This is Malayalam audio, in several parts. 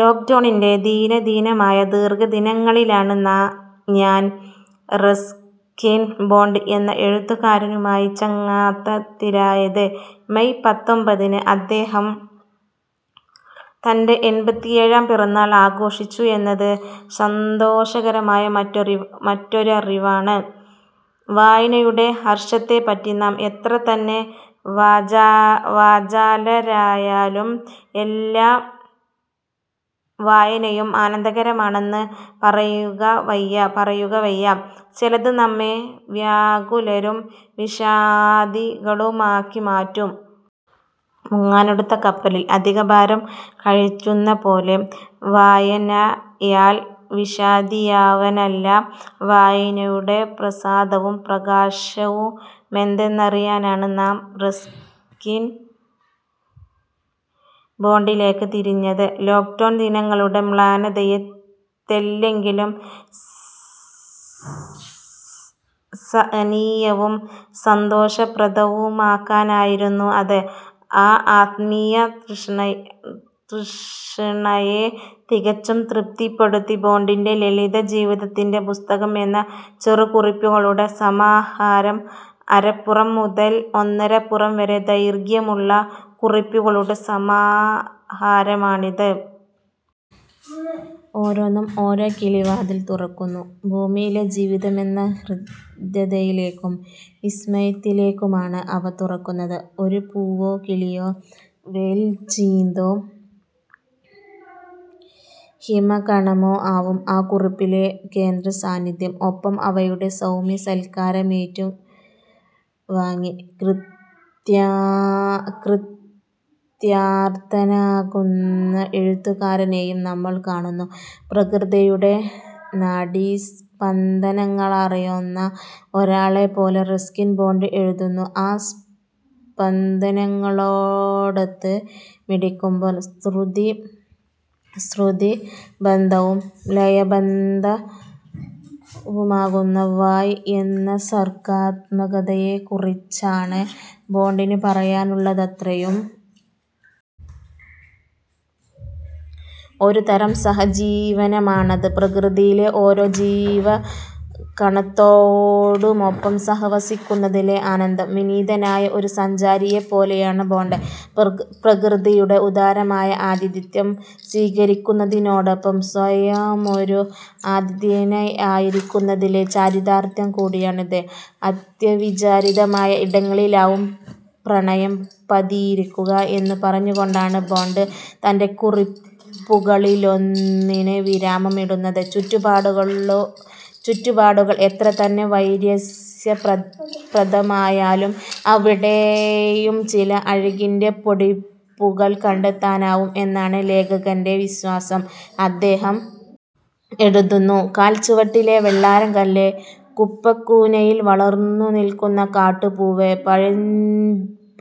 ലോക്ഡൗണിൻറെ ദീനദീനമായ ദീർഘദിനങ്ങളിലാണ് ഞാൻ റസ്കിൻ ബോണ്ട് എന്ന എഴുത്തുകാരനുമായി ചങ്ങാത്തത്തിലായത്. മെയ് പത്തൊൻപതിന് അദ്ദേഹം തൻറെ എൺപത്തിയേഴാം പിറന്നാൾ ആഘോഷിച്ചു എന്നത് സന്തോഷകരമായ മറ്റൊരറിവാണ്. വായനയുടെ ഹർഷത്തെപ്പറ്റി നാം എത്രതന്നെ വാചാലരായാലും എല്ലാ വായനയും ആനന്ദകരമാണെന്ന് പറയുക വയ്യ. ചിലത് നമ്മെ വ്യാകുലരും വിഷാദികളുമാക്കി മാറ്റും. മുങ്ങാനടുത്ത കപ്പലിൽ അധികഭാരം കയറ്റുന്നതുപോലെ വായനയാൽ വിഷാദിയാവാനല്ല, വായനയുടെ പ്രസാദവും പ്രകാശവുമെന്തെന്നറിയാനാണ് ഞാൻ റസ്കിൻ ബോണ്ടിലേക്കു തിരിഞ്ഞത്. ലോക്ഡൗൺ ദിനങ്ങളുടെ മ്ലാനതയെ തെല്ലെങ്കിലും സഹനീയവും സന്തോഷപ്രദവുമാക്കാനായിരുന്നു അത്.ആ ആത്മീയതൃഷ്ണയെ തികച്ചും തൃപ്തിപ്പെടുത്തി ബോണ്ടിൻറെ ലളിതജീവിതത്തിൻറെ പുസ്തകം എന്ന ചെറുകുറിപ്പുകളുടെ സമാഹാരം. അരപ്പുറം മുതൽ ഒന്നരപ്പുറം വരെ ദൈർഘ്യമുള്ള കുറിപ്പുകളുടെ സമാഹാരമാണിത്. ഓരോന്നും ഓരോ കിളിവാതിൽ തുറക്കുന്നു. ഭൂമിയിലെ ജീവിതമെന്ന ഹൃദ്യതയിലേക്കും വിസ്മയത്തിലേക്കുമാണ് അവ തുറക്കുന്നത്. ഒരു പൂവോ കിളിയോ വെയിൽച്ചീന്തോ ഹിമകണമോ ആവും ആ കുറിപ്പിലെ കേന്ദ്രസാന്നിധ്യം. ഒപ്പം അവയുടെ സൗമ്യസൽക്കാരമേറ്റുവാങ്ങി കൃതാർഥനാകുന്ന എഴുത്തുകാരനെയും നമ്മൾ കാണുന്നു. പ്രകൃതിയുടെ നാഡീസ്പന്ദനങ്ങളറിയുന്ന ഒരാളെപ്പോലെ റസ്കിൻ ബോണ്ട് എഴുതുന്നു. ആ സ്പന്ദനങ്ങളോടൊത്ത് മിടിക്കുമ്പോൾ ശ്രുതിബദ്ധവും ലയബദ്ധവുമാകുന്ന വാഴ്വ് എന്ന സർഗാത്മകതയെക്കുറിച്ചാണ് ബോണ്ടിനു പറയാനുള്ളതത്രയും. ഒരുതരം സഹജീവനമാണത്. പ്രകൃതിയിലെ ഓരോ ജീവകണത്തോടുമൊപ്പം സഹവസിക്കുന്നതിലെ ആനന്ദം. വിനീതനായ ഒരു സഞ്ചാരിയെപ്പോലെയാണ് ബോണ്ട്. പ്രകൃതിയുടെ ഉദാരമായ ആതിഥ്യം സ്വീകരിക്കുന്നതിനോടൊപ്പം സ്വയമൊരു ആതിഥേയനായിരിക്കുന്നതിലെ ചാരിതാർഥ്യം കൂടിയാണിത്. അത്യവിചാരിതമായ ഇടങ്ങളിലാവും പ്രണയം പതിയിരിക്കുക എന്നു പറഞ്ഞുകൊണ്ടാണ് ബോണ്ട് തൻറെ കുറിപ്പുകളിലൊന്നിന് വിരാമമിടുന്നത്. ചുറ്റുപാടുകൾ എത്രതന്നെ വൈരസ്യപ്രദമായാലും അവിടെയും ചില അഴകിൻറെ പൊടിപ്പുകൾ കണ്ടെത്താനാവും എന്നാണ് ലേഖകൻറെ വിശ്വാസം. അദ്ദേഹം എഴുതുന്നു. കാൽച്ചുവട്ടിലെ വെള്ളാരംകല്ല്, കുപ്പക്കൂനയിൽ വളർന്നുനിൽക്കുന്ന കാട്ടുപൂവ്,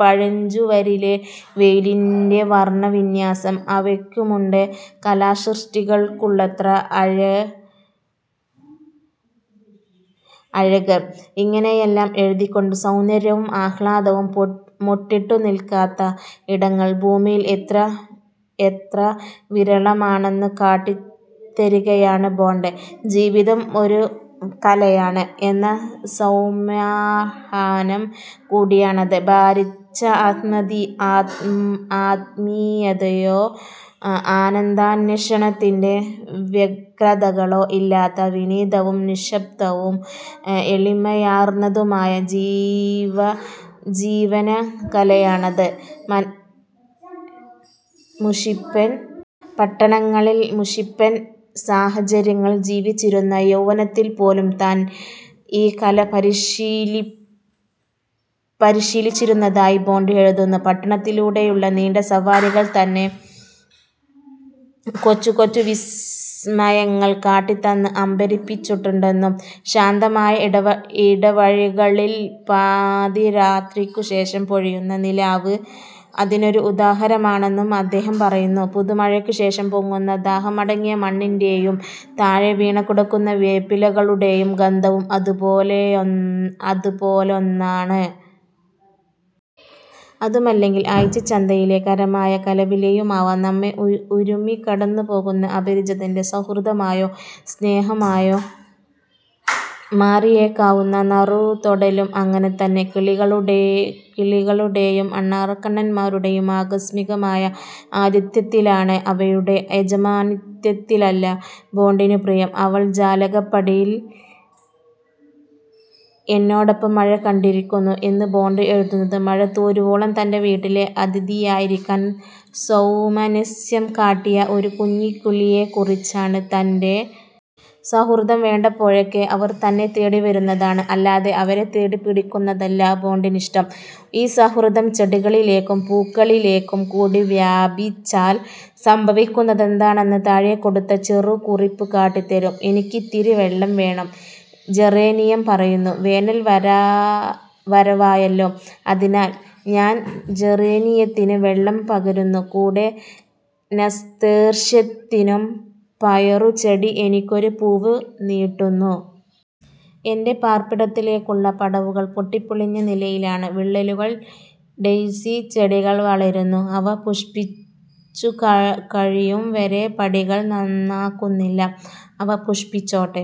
പഴഞ്ചുവരിലെ വെയിലിൻറെ വർണവിന്യാസം. അവയ്ക്കുമുണ്ട് കലാസൃഷ്ടികൾക്കുള്ളത്ര അഴക്. ഇങ്ങനെയെല്ലാം എഴുതിക്കൊണ്ട് സൗന്ദര്യവും ആഹ്ലാദവും മൊട്ടിട്ടുനിൽക്കാത്ത ഇടങ്ങൾ ഭൂമിയിൽ എത്ര വിരളമാണെന്നു കാട്ടിത്തരികയാണ് ബോണ്ട്. ജീവിതം ഒരു കലയാണ് എന്ന സൗമ്യാഹ്വാനം കൂടിയാണത്. ഭാരിച്ച ആത്മീയതയോ ആനന്ദാന്വേഷണത്തിൻറെ വ്യഗ്രതകളോ ഇല്ലാത്ത വിനീതവും നിശ്ശബ്ദവും എളിമയാർന്നതുമായ ജീവനകലയാണത്. മുഷിപ്പൻ പട്ടണങ്ങളിൽ മുഷിപ്പൻ സാഹചര്യങ്ങളിൽ ജീവിച്ചിരുന്ന യൗവനത്തിൽ പോലും താൻ ഈ കല പരിശീലിച്ചിരുന്നതായി ബോണ്ട് എഴുതുന്നു. പട്ടണത്തിലൂടെയുള്ള നീണ്ട സവാരികൾ തന്നെ കൊച്ചുകൊച്ചു വിസ്മയങ്ങൾ കാട്ടിത്തന്ന് അമ്പരപ്പിച്ചിട്ടുണ്ടെന്നും ശാന്തമായ ഇടവഴികളിൽ പാതിരാത്രിക്കു ശേഷം പൊഴിയുന്ന നിലാവ് അതിനൊരു ഉദാഹരണമാണെന്നും അദ്ദേഹം പറയുന്നു. പുതുമഴയ്ക്കു ശേഷം പൊങ്ങുന്ന ദാഹമടങ്ങിയ മണ്ണിൻറെ യും താഴെ വീണുകിടക്കുന്ന വേപ്പിലകളുടെയും ഗന്ധവും അതുപോലൊന്നാണ്. അതുമല്ലെങ്കിൽ ആഴ്ചച്ചന്തയിലെ കരമായ കലപിലയുമാവാം. നമ്മെ ഉരുമ്മിക്കടന്നുപോകുന്ന അപരിചിതൻറെ സൗഹൃദമായോ സ്നേഹമായോ മാറിയേക്കാവുന്ന നറുതൊടലും അങ്ങനെതന്നെ. കിളികളുടെയും അണ്ണാറക്കണ്ണന്മാരുടെയും ആകസ്മികമായ ആതിഥ്യത്തിലാണ്, അവയുടെ യജമാനത്വത്തിലല്ല, ബോണ്ടിനു പ്രിയം. അവൾ ജാലകപ്പടിയിൽ എന്നോടൊപ്പം മഴ കണ്ടിരിക്കുന്നു എന്ന് ബോണ്ട് എഴുതുന്നത് മഴ തോരുവോളം തൻറെ വീട്ടിലെ അതിഥിയായിരിക്കാൻ സൗമനസ്യം കാട്ടിയ ഒരു കുഞ്ഞുകിളിയെക്കുറിച്ചാണ്. തൻറെ സൗഹൃദം വേണ്ടപ്പോഴൊക്കെ അവർ തന്നെ തേടിവരുന്നതാണ്, അല്ലാതെ അവരെ തേടിപ്പിടിക്കുന്നതല്ല, ബോണ്ടിനിഷ്ടം. ഈ സൗഹൃദം ചെടികളിലേക്കും പൂക്കളിലേക്കും കൂടി വ്യാപിച്ചാൽ സംഭവിക്കുന്നതെന്താണെന്ന് താഴെക്കൊടുത്ത ചെറുകുറിപ്പ് കാട്ടിത്തരും. എനിക്കിത്തിരി വെള്ളം വേണം, ജെറേനിയം പറയുന്നു. വേനൽ വരവായല്ലോ. അതിനാൽ ഞാൻ ജെറേനിയത്തിന് വെള്ളം പകരുന്നു, കൂടെ നസ്തേർഷ്യത്തിനും. പയറുചെടി എനിക്കൊരു പൂവ് നീട്ടുന്നു. എൻറെ പാർപ്പിടത്തിലേക്കുള്ള പടവുകൾ പൊട്ടിപ്പൊളിഞ്ഞ നിലയിലാണ്. വിള്ളലുകളിൽ ഡെയ്സിച്ചെടികൾ വളരുന്നു. അവ പുഷ്പിച്ചുകഴിയും വരെ പടികൾ നന്നാക്കുന്നില്ല. അവ പുഷ്പിച്ചോട്ടെ.